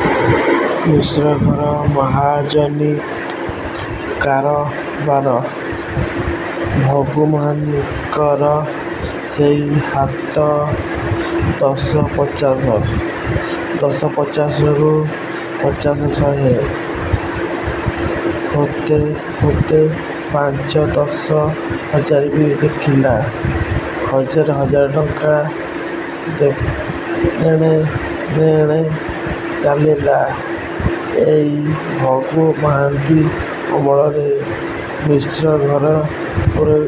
ମିଶ୍ର ଘର ମହାଜନି କାରବାର। ଭାଗୁ ମହାନ୍ତିଙ୍କର ସେଇ ହାତ ଦଶ ପଚାଶ, ଦଶ ପଚାଶରୁ ପଚାଶ ଶହେ, ହୋତେ ହୋତେ ପାଞ୍ଚ ଦଶ ହଜାରବି ଦେଖିଲା ହଜାର ହଜାର ଟଙ୍କା ଦେଣନେଣ ଚାଲିଲା ଏଇ ଭାଗୁ ମହାନ୍ତି ଅମଳରେ। ମିଶ୍ରଙ୍କ ଘର ପୂରି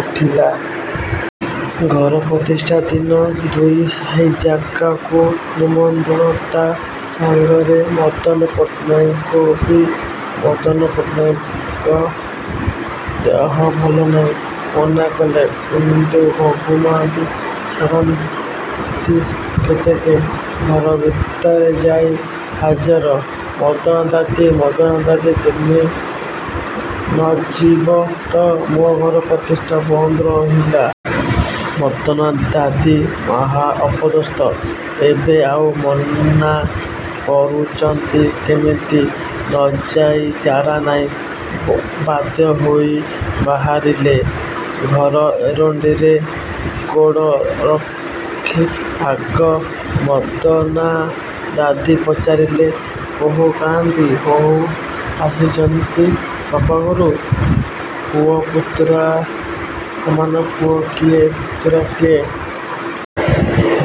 ଉଠିଲା। '' ଘର ପ୍ରତିଷ୍ଠା ଦିନ ଦୁଇ ସାହିଯାକକୁ ନିମନ୍ତ୍ରଣ ତା' ସାଙ୍ଗରେ ମଦନ ପଟ୍ଟନାୟକଙ୍କୁବି। ମଦନ ପଟ୍ଟନାୟକ ଦିହ ଭଲ ନାହିଁ ମନା କଲେ। କିନ୍ତୁ ଭାଗୁ ମହାନ୍ତି ଛାଡ଼ନ୍ତି କେତେକେ! ଘର ଭିତରେ ଯାଇ ହାଜର ''ମଦନାଦାଦି ମଦାନାଦାଦି ତମେ ନ ଯିବ ତ ମୋ ଘର ପ୍ରତିଷ୍ଠା ବନ୍ଦ ରହିଲା। '' ମଦନାଦାଦି ମହା ଅପଦସ୍ତ। ଏବେ ଆଉ ମନା କରୁଚନ୍ତି କିମିତି? ନ ଯାଇ ଚାରା ନାହିଁ। ବାଧ୍ୟ ହେଇ ବାହାରିଲେ। ଘର ଏରୁଣ୍ଡିରେ ଗୋଡ଼ରଖି ଆଗ 'ମଦନାଦାଦି' ପଚାରିଲେ, ''ବହୂ କାହାନ୍ତି? ବହୂ ଆସିଚନ୍ତି ବାପଘରୁ? '' ପୁଅ ପୁତୁରା ସମାନ ପୁଅ କିଏ ପୁତୁରା କିଏ?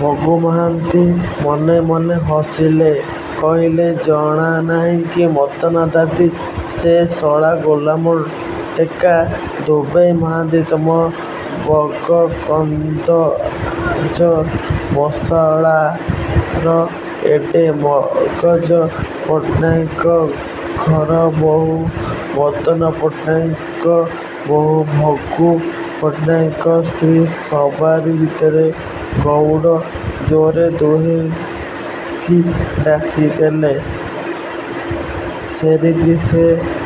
ଭାଗୁ ମହାନ୍ତି ମନେ ମନେ ହସିଲେ କହିଲେ''ଜାଣ ନାହିଁ କି ମଦନାଦାଦି? ସେଇ ଶଳା ଗୋଲାମ ଟେକା ଧୋବେଇ ମହାନ୍ତି ତମ ବଗକନ୍ଦାଜ ମଶଳାର ଏଡ଼େ ମଗଜ, ପଟ୍ଟନାୟକ ଘର ବହୂ, ମଦନ ପଟ୍ଟନାୟକଙ୍କ ବହୂ ଭାଗୁ ପଟ୍ଟନାୟକଙ୍କ ସ୍ତ୍ରୀ ସବାରୀ ଭିତରେ ଗଉଡ଼ ଜୋର୍ରେ ଦିହିଁଙ୍କି ଡାକି ଦେଲା ସରିକି ସେ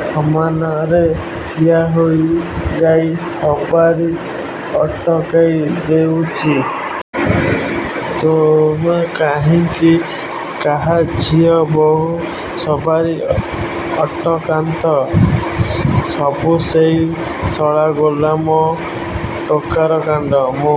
ସାମନାରେ ଠିଆ ହେଇଯାଇ ସବାରୀ ଅଟକେଇ ଦଉଚି। ତମେ କାହିଁକି କାହା ଝୁଅ ବହୂ ସବାରୀ ଅଟକାନ୍ତ। ସବୁ ସେଇ ଶଳା ଗୋଲାମ ଟୋକାର କାଣ୍ଡ। ମୁଁ